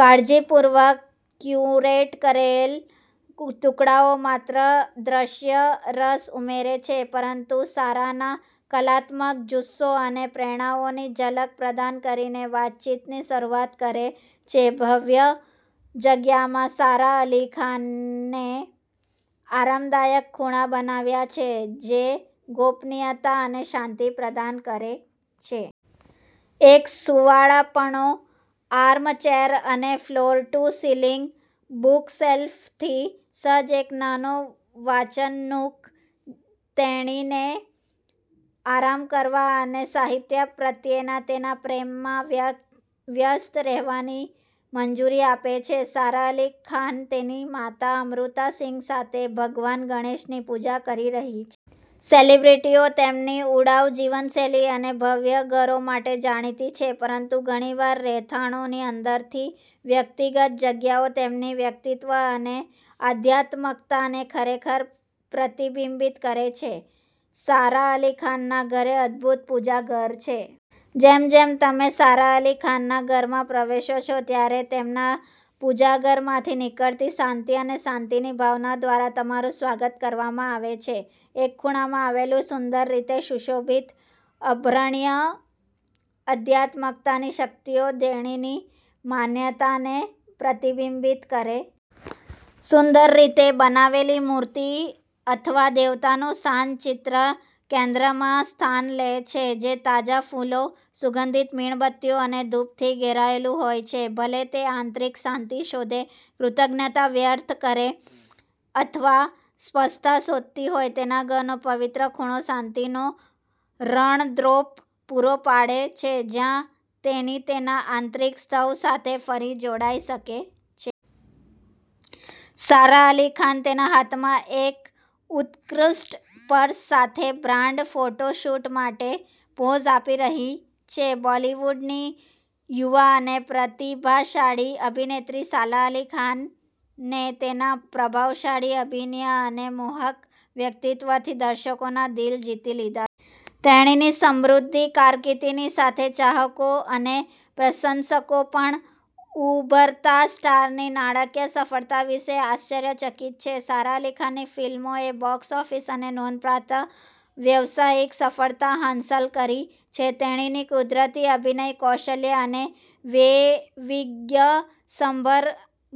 કાળજીપૂર્વક ક્યુરેટ કરેલ ટુકડાઓ માત્ર દ્રશ્ય રસ ઉમેરે છે પરંતુ સારાના કલાત્મક જુસ્સો અને પ્રેરણાઓની ઝલક પ્રદાન કરીને વાતચીતની શરૂઆત કરે છે. ભવ્ય જગ્યામાં સારા અલી ખાને આરામદાયક ખૂણા બનાવ્યા છે જે ગોપનીયતા અને શાંતિ પ્રદાન કરે છે. એક સુંવાળાપનો આર્મચેર અને ફ્લોર-ટુ-સીલિંગ બુકશેલ્ફથી સજ્જ એક નાનો વાંચન નૂક, તેણીને આરામ કરવા અને સાહિત્ય પ્રત્યેના તેના પ્રેમમાં વ્યસ્ત વ્યસ્ત રહેવાની મંજૂરી આપે છે. સારા અલી ખાન તેની માતા અમૃતા સિંહ સાથે ભગવાન ગણેશની પૂજા કરી રહી છે. સેલિબ્રિટીઓ તેમની ઉડાઉ જીવનશૈલી અને ભવ્ય ઘરો માટે જાણીતી છે પરંતુ ઘણી વાર રહેઠાણોની અંદરની વ્યક્તિગત જગ્યાઓ તેમની વ્યક્તિત્વ અને આધ્યાત્મિકતાને ખરેખર પ્રતિબિંબિત કરે છે. સારા અલી ખાનના ઘરે અદભૂત 'પૂજા ઘર' છે. જેમ જેમ તમે સારા અલી ખાનના ઘરમાં પ્રવેશો છો, ત્યારે તેમના 'પૂજા ઘર' માંથી નીકળતી શાંતિ અને શાંતિની ભાવના દ્વારા તમારું સ્વાગત કરવામાં આવે છે. એક ખૂણામાં આવેલું સુંદર રીતે સુશોભિત અભયારણ્ય આધ્યાત્મિકતાની શક્તિમાં તેણીની માન્યતાને પ્રતિબિંબિત કરે છે. સુંદર રીતે બનાવેલી મૂર્તિ અથવા દેવતાનું શાંત ચિત્ર કેન્દ્રમાં સ્થાન લે છે જે તાજા ફૂલો, સુગંધિત મીણબત્તીઓ અને ધૂપથી ઘેરાયેલું હોય છે. ભલે તે આંતરિક શાંતિ શોધે, કૃતજ્ઞતા વ્યક્ત કરે અથવા સ્પષ્ટતા શોધતી હોય, તેના ઘરનો પવિત્ર ખૂણો શાંતિનો રણદ્વીપ પૂરો પાડે છે જ્યાં તેણી તેના આંતરિક સ્વ સાથે ફરી જોડાઈ શકે છે. સારા અલી ખાન તેના હાથમાં એક ઉત્કૃષ્ટ પર્સ સાથે બ્રાન્ડ ફોટોશૂટ માટે પોઝ આપી રહી છે. બોલિવૂડની યુવા અને પ્રતિભાશાળી અભિનેત્રી સારા અલી ખાને તેના પ્રભાવશાળી અભિનય અને મોહક વ્યક્તિત્વથી દર્શકોના દિલ જીતી લીધા છે. તેણીની સમૃદ્ધ કારકિર્દીની સાથે ચાહકો અને પ્રશંસકો પણ ઉભરતા સ્ટારની નાણાકીય સફળતા વિશે આશ્ચર્યચકિત છે. સારા અલી ખાનની ફિલ્મોએ બોક્સ ઓફિસ પર નોંધપાત્ર વ્યવસાયિક સફળતા હાંસલ કરી છે. તેણીની કુદરતી અભિનય કૌશલ્ય સાથે વૈવિધ્યસભર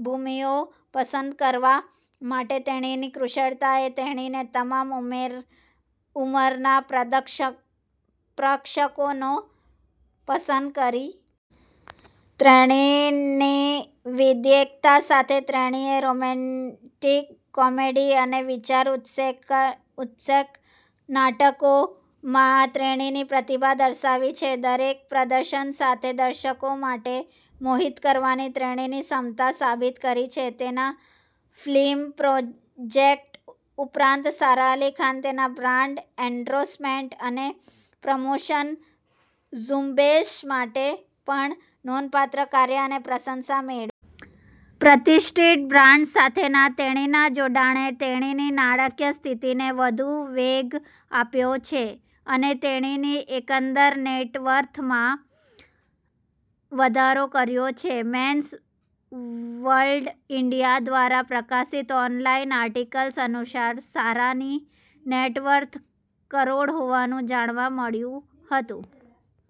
ભૂમિઓ પસંદ કરવા માટેની તેણીની કુશળતાએ તેણીને તમામ ઉંમરના પ્રેક્ષકોને પસંદ કરી છે. તેણીની વૈવિધ્યતા સાથે તેણીએ રોમેન્ટિક કોમેડી અને વિચાર ઉત્તેજક નાટકોમાં તેણીની પ્રતિભા દર્શાવી છે. દરેક પ્રદર્શન સાથે દર્શકોને મોહિત કરવાની તેણીની ક્ષમતા સાબિત કરી છે. તેના ફિલ્મ પ્રોજેક્ટ્સ ઉપરાંત, સારા અલી ખાને તેના બ્રાન્ડ એન્ડોર્સમેન્ટ્સ અને પ્રમોશનલ ઝુંબેશ માટે પણ નોંધપાત્ર ધ્યાન અને પ્રશંસા મેળવી છે. પ્રતિષ્ઠિત બ્રાન્ડ્સ સાથેના તેણીના જોડાણે તેણીની નાણાકીય સ્થિતિને વધુ વેગ આપ્યો છે અને તેણીની એકંદર નેટવર્થમાં વધારો કર્યો છે. 'મેન્સ વર્લ્ડ ઈન્ડિયા' દ્વારા પ્રકાશિત ઓનલાઈન આર્ટિકલ અનુસાર, સારાની નેટવર્થ કરોડ હોવાનું જાણવા મળ્યું હતું.